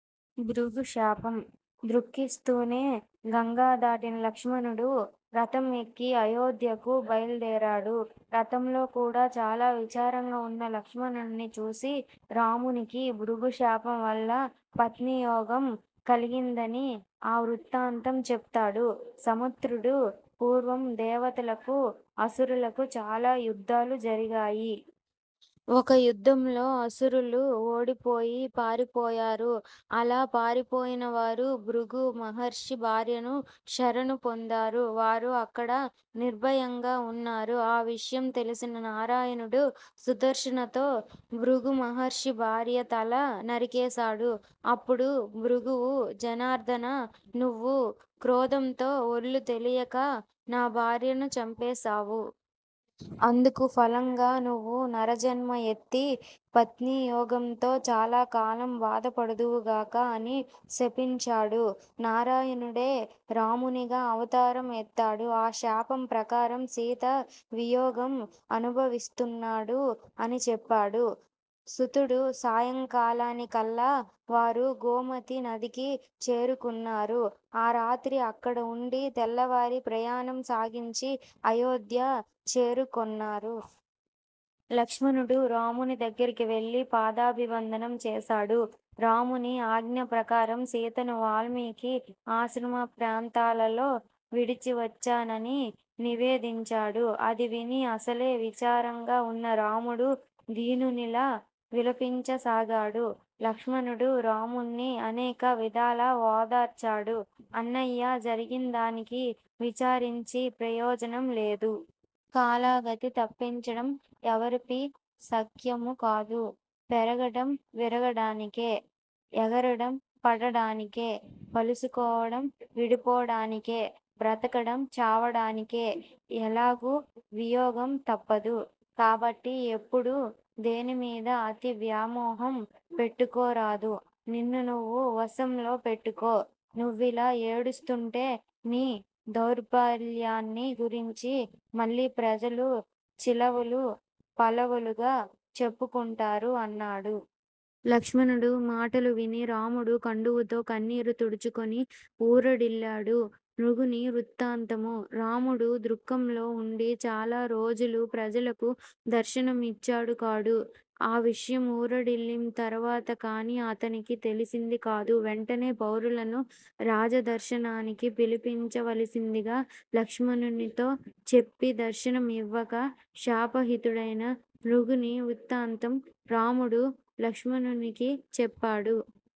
భృగుశాపం: దుఃఖిస్తునే గంగ దాటిన లక్ష్మణుడు రథం ఎక్కి అయోధ్యకు బైల్దేరాడు. రథంలో కూడా చాల విచారంగా వున్న లక్ష్మణుణ్ని చూసి రామునికి భృగు శాపం వల్ల పత్నీ వియోగం కలిగిందని ఆ వృత్తాంతం చెప్పాడు సముద్రుడు. పూర్వం దేవతలకూ అసురులకూ చాలా యుద్దాలు జరిగాయి. ఒక యుద్దంలో అసురులు ఓడిపోయి పారిపోయారు. అలా పారిపోయినవారు భృగు మహర్షి భార్యను శరణు పొందారు. వారు అక్కడ నిర్బయంగా వున్నారు. ఆ విషయం తెలిసిన నారాయణుడు సుదర్శనంతో భృగుమహర్షి భార్య తల నరికేశాడు. అప్పుడు భృగువు జనార్దనా! నువ్వు క్రోధంతో ఒళ్ళు తెలియక నా భార్యను చంపేశావు. అందుకు ఫలంగా నువ్వు నరజన్మం ఎత్తి పత్నీ వియోగంతో చాలాకాలం బాధపడుదువుగాక అని శపించాడు. నారాయణుడే రామునిగా అవతారం ఎత్తాడు. ఆ శాపం ప్రకారం సీతా వియోగం అనుభవిస్తున్నాడు అని చెప్పాడు సూతుడు. సాయంకాలానికల్లా వారు గోమతీ నదికి చేరుకున్నారు. ఆ రాత్రి అక్కడ వుండి తెల్లవారి ప్రయాణం సాగించి అయోధ్య చేరుకొన్నారు. లక్ష్మణుడు రాముని దగ్గరికి వెళ్ళి పాదాభివందనం చేశాడు. రాముని ఆజ్ఞ ప్రకారం సీతను వాల్మీకి ఆశ్రమ ప్రాంతాల్లో విడిచివచ్చానని నివేదించాడు. అది విని అసలే విచారంగా వున్న రాముడు దీనునిలా విలపించసాగాడు. లక్ష్మణుడు రాముణ్ని అనేక విధాల ఓదార్చాడు. అన్నయ్యా! జరిగిందానికి విచారించి ప్రయోజనం లేదు. కాలగతి తప్పించడం ఎవరపి శక్యమూ కాదు. పెరగడం విరగడానికే. ఎగరడం పడ్డానికే. కలుసుకోవడం విడిపోవడానికే. బ్రతకడం చావడానికే. ఎలాగూ వియోగం తప్పదు. కాబట్టి ఎప్పుడూ దేనిమీదా అతి వ్యామోహం పెట్టుకోరాదు. నిన్ను నువ్వు వశంలో పెట్టుకో. నువ్విలా ఏడుస్తుంటే నీ దౌర్భల్యాన్ని గురించి మళ్ళీ ప్రజలు చిలవలు పలవలుగా చెప్పుకుంటారు అన్నాడు. లక్ష్మణుడు మాటలు విని రాముడు కండువాతో కన్నీరు తుడుచుకొని ఊరడిల్లాడు. నృగుని వృత్తాంతము: రాముడు దుఃఖంలో వుండి చాల రోజులు ప్రజలకు దర్శనం ఇచ్చాడు కాడు. ఆ విషయం ఊరడిల్లిం తర్వాత కాని అతనికి తెలిసింది కాదు. వెంటనే పౌరులను రాజదర్శనానికి పిలిపించవలసిందిగా లక్ష్మణునితో చెప్పి దర్శనం ఇవ్వక శాపహతుడైన నృగుని వృత్తాంతం రాముడు లక్ష్మణునికి చెప్పాడు.